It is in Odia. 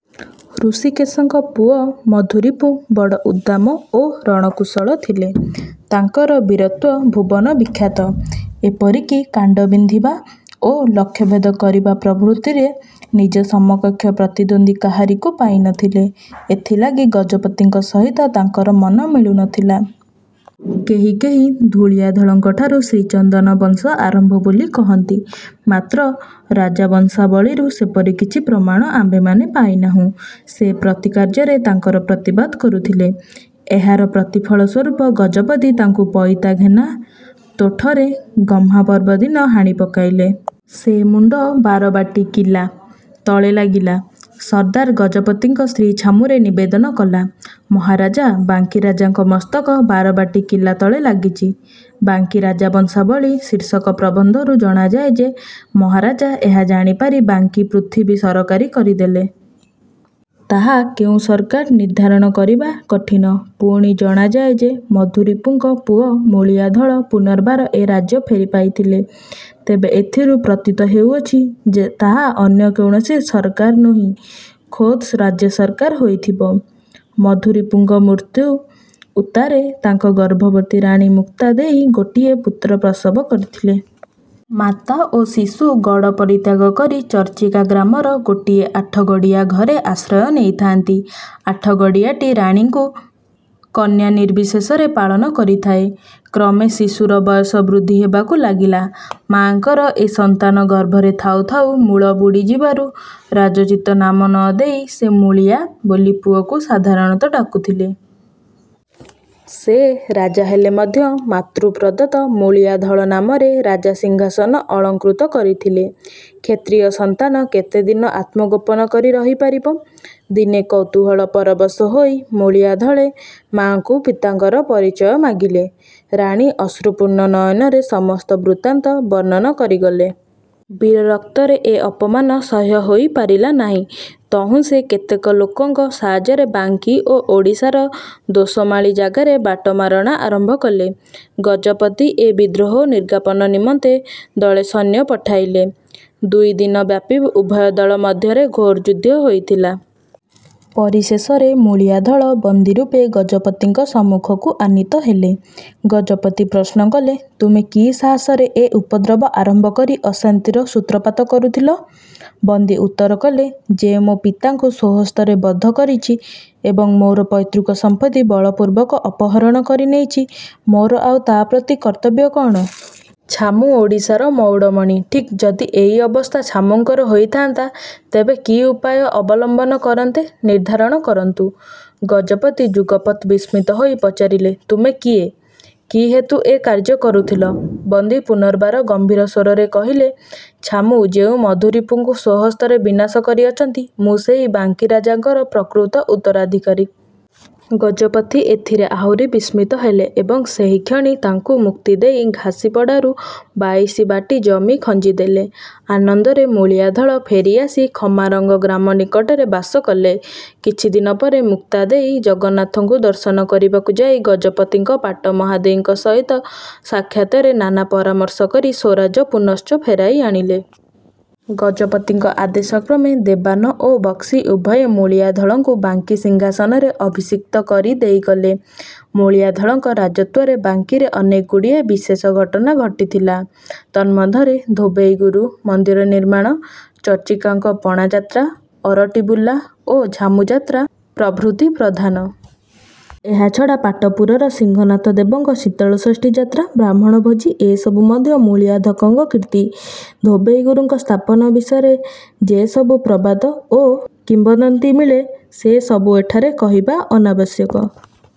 ହୃଷୀକେଶଙ୍କ ପୁଅ ମଧୁରିପୁ ବଡ଼ ଉଦ୍ଦାମ ଓ ରଣକୁଶଳ ଥିଲେ। ତାଙ୍କର ବୀରତ୍ୱ ଭୁବନ−ବିଖ୍ୟାତ। ଏପରି କି କାଣ୍ଡ ବିନ୍ଧିବା ଓ ଲକ୍ଷ୍ୟଭେଦ କରିବା ପ୍ରଭୃତିରେ ନିଜ ସମକକ୍ଷ ପ୍ରତିଦ୍ଵନ୍ଦୀ କାହାରିକୁ ପାଇ ନ ଥିଲେ। ଏଥିଲାଗି ଗଜପତିଙ୍କ ସହିତ ତାଙ୍କର ମନ ମିଳୁ ନ ଥିଲା। କେହି କେହି ମୂଳିଆଧଳଙ୍କଠାରୁ ଶ୍ରୀଚନ୍ଦନ ବଂଶ ଆରମ୍ଭ ବୋଲି କହନ୍ତି; ମାତ୍ର ରାଜବଂଶାବଳୀରୁ ସେପରି କିଛି ପ୍ରମାଣ ଆମ୍ଭେମାନେ ପାଇ ନାହୁଁ। ସେ ପ୍ରତି କାର୍ଯ୍ୟରେ ତାଙ୍କର ପ୍ରତିବାଦ କରୁଥିଲେ। ଏହାର ପ୍ରତିଫଳ ସ୍ୱରୂପ ଗଜପତି ତାଙ୍କୁ ପଇତା-ଘେନା ତୋଠରେ ଗହ୍ମାପର୍ବ ଦିନ ହାଣି ପକାଇଲେ। ସେ ମୁଣ୍ଡ ବାରବାଟୀ କିଲା। ତଳେ ଲାଗିଲା। ସର୍ଦ୍ଦାର ଗଜପତିଙ୍କ ଶ୍ରୀ ଛାମୁରେ ନିବେଦନ କଲା, "ମହାରାଜା, ବାଙ୍କୀରାଜାଙ୍କ ମସ୍ତକ ବାରବାଟୀ କିଲା ତଳେ ଲାଗିଛି। '' "ବାଙ୍କୀ ରାଜବଂଶାବଳୀ'' ଶୀର୍ଷକ ପ୍ରବନ୍ଧରୁ ଜଣାଯାଏ ଯେ, ମହାରାଜା ଏହା ଜାଣି ପାରି ବାଙ୍କୀ ପୃଥିବୀ ସରକାରୀ କରିଦେଲେ। ତାହା କେଉଁ ସରକାର ନିର୍ଦ୍ଧାରଣ କରିବା କଠିନ। ପୁଣି ଜଣାଯାଏ ଯେ, ମଧୁରିପୁଙ୍କ ପୁଅ ମୂଳିଆ ଧଳ ପୁନର୍ବାର ଏ ରାଜ୍ୟ ଫେରି ପାଇଥିଲେ। ତେବେ ଏଥିରୁ ପ୍ରତୀତ ହେଉଅଛି, ତାହା ଅନ୍ୟ କୌଣସି ସରକାର ନୋହି ଖୋଦ୍ ରାଜସରକାର ହୋଇଥିବ। ମଧୁରିପୁଙ୍କ ମୃତ୍ୟୁ ଉତ୍ତାରେ ତାଙ୍କ ଗର୍ଭବତୀ ରାଣୀ ମୁକ୍ତା ଦେଈ ଗୋଟିଏ ପୁତ୍ର ପ୍ରସବ କରିଥିଲେ। ମାତା ଓ ଶିଶୁ ଗଡ଼ ପରିତ୍ୟାଗ କରି ଚର୍ଚ୍ଚିକା ଗ୍ରାମର ଗୋଟିଏ ଆଠଗଡ଼ିଆ ଘରେ ଆଶ୍ରୟ ନେଇଥାନ୍ତି। ଆଠଗଡ଼ିଆଟି ରାଣୀଙ୍କୁ କନ୍ୟାନିର୍ବିଶେଷରେ ପାଳନ କରିଥାଏ। କ୍ରମେ ଶିଶୁର ବୟସ ବୃଦ୍ଧି ହେବାକୁ ଲାଗିଲା। ମାଆଙ୍କର ଏ ସନ୍ତାନ ଗର୍ଭରେ ଥାଉ ଥାଉ ମୂଳ ବୁଡ଼ିଯିବାରୁ ରାଜୋଚିତ ନାମ ନ ଦେଇ ସେ "ମୂଳିଆ" ବୋଲି ପୁଅକୁ ସାଧାରଣତଃ ଡାକୁଥିଲେ। ସେ ରାଜା ହେଲେ ମଧ୍ୟ ମାତୃପ୍ରଦତ୍ତ ମୂଳିଆ ଧଳ ନାମରେ ରାଜସିଂହାସନ ଅଳଂକୃତ କରିଥିଲେ। କ୍ଷତ୍ରିୟ ସନ୍ତାନ କେତେ ଦିନ ଆତ୍ମଗୋପନ କରି ରହିପାରିବ? ଦିନେ କୌତୁହଳ ପରବଶ ହୋଇ ମୂଳିଆ ଧଳେ ମାଆଙ୍କୁ ପିତାଙ୍କର ପରିଚୟ ମାଗିଲେ। ରାଣୀ ଅଶ୍ରୁପୂର୍ଣ୍ଣ ନୟନରେ ସମସ୍ତ ବୃତ୍ତାନ୍ତ ବର୍ଣ୍ଣନ କରିଗଲେ। ବୀରରକ୍ତରେ ଏ ଅପମାନ ସହ୍ୟ ହୋଇ ପାରିଲା ନାହିଁ। ତହୁଁ ସେ କେତେକ ଲୋକଙ୍କ ସାହାଯ୍ୟରେ ବାଙ୍କୀ ଓ ଓଡ଼ିଶାର ଦୋସମାଳି ଜାଗାରେ ବାଟମାରଣା ଆରମ୍ଭ କଲେ। ଗଜପତି ଏ ବିଦ୍ରୋହ ନିର୍ଗାପନ ନିମନ୍ତେ ଦଳେ ସୈନ୍ୟ ପଠାଇଲେ। ଦୁଇ ଦିନବ୍ୟାପୀ ଉଭୟ ଦଳ ମଧ୍ୟରେ ଘୋର ଯୁଦ୍ଧ ହୋଇଥିଲା। ପରିଶେଷରେ ମୂଳିଆ ଧଳ ବନ୍ଦିରୂପେ ଗଜପତିଙ୍କ ସମ୍ମୁଖକୁ ଆନୀତ ହେଲେ। ଗଜପତି ପ୍ରଶ୍ନ କଲେ, "ତୁମେ କି ସାହାସରେ ଏ ଉପଦ୍ରବ ଆରମ୍ଭ କରି ଅଶାନ୍ତିର ସୂତ୍ରପାତ କରୁଥିଲ? " ବନ୍ଦୀ ଉତ୍ତର କଲେ, "ଯେ ମୋ ପିତାଙ୍କୁ ସ୍ଵହସ୍ତରେ ବଧ କରିଛି ଏବଂ ମୋର ପୈତୃକ ସଂପତ୍ତି ବଳପୂର୍ବକ ଅପହରଣ କରି ନେଇଛି, ମୋର ଆଉ ତା ପ୍ରତି କର୍ତ୍ତବ୍ୟ କ'ଣ? ଛାମୁ ଓଡ଼ିଶାର ମଉଡ଼ମଣି। ଠିକ୍ ଯଦି ଏଇ ଅବସ୍ଥା ଛାମୁଙ୍କର ହୋଇଥାନ୍ତା, ତେବେ କି ଉପାୟ ଅବଲମ୍ବନ କରନ୍ତେ, ନିର୍ଦ୍ଧାରଣ କରନ୍ତୁ। '' ଗଜପତି ଯୁଗପତ୍ ବିସ୍ମିତ ହୋଇ ପଚାରିଲେ, "ତୁମେ କିଏ? କି ହେତୁ ଏ କାର୍ଯ୍ୟ କରୁଥିଲ? " ବନ୍ଦୀ ପୁନର୍ବାର ଗମ୍ଭୀର ସ୍ଵରରେ କହିଲେ, "ଛାମୁ ଯେଉଁ ମଧୁରିପୁଙ୍କୁ ସ୍ଵହସ୍ତରେ ବିନାଶ କରିଅଛନ୍ତି, ମୁଁ ସେହି ବାଙ୍କୀ ରାଜାଙ୍କର ପ୍ରକୃତ ଉତ୍ତରାଧିକାରୀ। '' ଗଜପତି ଏଥିରେ ଆହୁରି ବିସ୍ମିତ ହେଲେ ଏବଂ ସେହିକ୍ଷଣି ତାଙ୍କୁ ମୁକ୍ତି ଦେଇ ଘାସିପଡ଼ାରୁ ବାଇଶି ବାଟୀ ଜମି ଖଞ୍ଜିଦେଲେ। ଆନନ୍ଦରେ ମୂଳିଆ ଧଳ ଫେରିଆସି ଖମାରଙ୍ଗ ଗ୍ରାମନିକଟରେ ବାସ କଲେ। କିଛି ଦିନ ପରେ ମୁକ୍ତା ଦେଈ ଜଗନ୍ନାଥଙ୍କୁ ଦର୍ଶନ କରିବାକୁ ଯାଇ ଗଜପତିଙ୍କ ପାଟ ମହାଦେଈଙ୍କ ସହିତ ସାକ୍ଷାତରେ ନାନା ପରାମର୍ଶ କରି ସ୍ଵରାଜ ପୁନଶ୍ଚ ଫେରାଇ ଆଣିଲେ। ଗଜପତିଙ୍କ ଆଦେଶକ୍ରମେ ଦେବାନ ଓ ବକ୍ସି ଉଭୟେ ମୂଳିଆ ଧଳଙ୍କୁ ବାଙ୍କୀ ସିଂହାସନରେ ଅଭିଷିକ୍ତ କରି ଦେଇ ଗଲେ। ମୂଳିଆ ଧଳଙ୍କ ରାଜତ୍ୱରେ ବାଙ୍କୀରେ ଅନେକଗୁଡ଼ିଏ ବିଶେଷ ଘଟନା ଘଟିଥିଲା। ତନ୍ମଧ୍ୟରେ "ଧୋବେଇ ଗୁରୁ" ମନ୍ଦିର ନିର୍ମାଣ, ଚର୍ଚ୍ଚିକାଙ୍କ ପଣାଯାତ୍ରା, ଅରଟି ବୁଲା ଓ ଝାମୁଯାତ୍ରା ପ୍ରଭୃତି ପ୍ରଧାନ। ଏହା ଛଡ଼ା ପାଟପୁରର ସିଂହନାଥ ଦେବଙ୍କ ଶୀତଳଷଷ୍ଠୀ ଯାତ୍ରା, ବ୍ରାହ୍ମଣ ଭୋଜି ଏସବୁ ମଧ୍ୟ ମୂଳିଆ ଧକଙ୍କ କୀର୍ତ୍ତି। 'ଧୋବେଇ ଗୁରୁ'ଙ୍କ ସ୍ଥାପନ ବିଷୟରେ ଯେ ସବୁ ପ୍ରବାଦ ଓ କିମ୍ବଦନ୍ତୀ ମିଳେ, ସେ ସବୁ ଏଠାରେ କହିବା ଅନାବଶ୍ୟକ।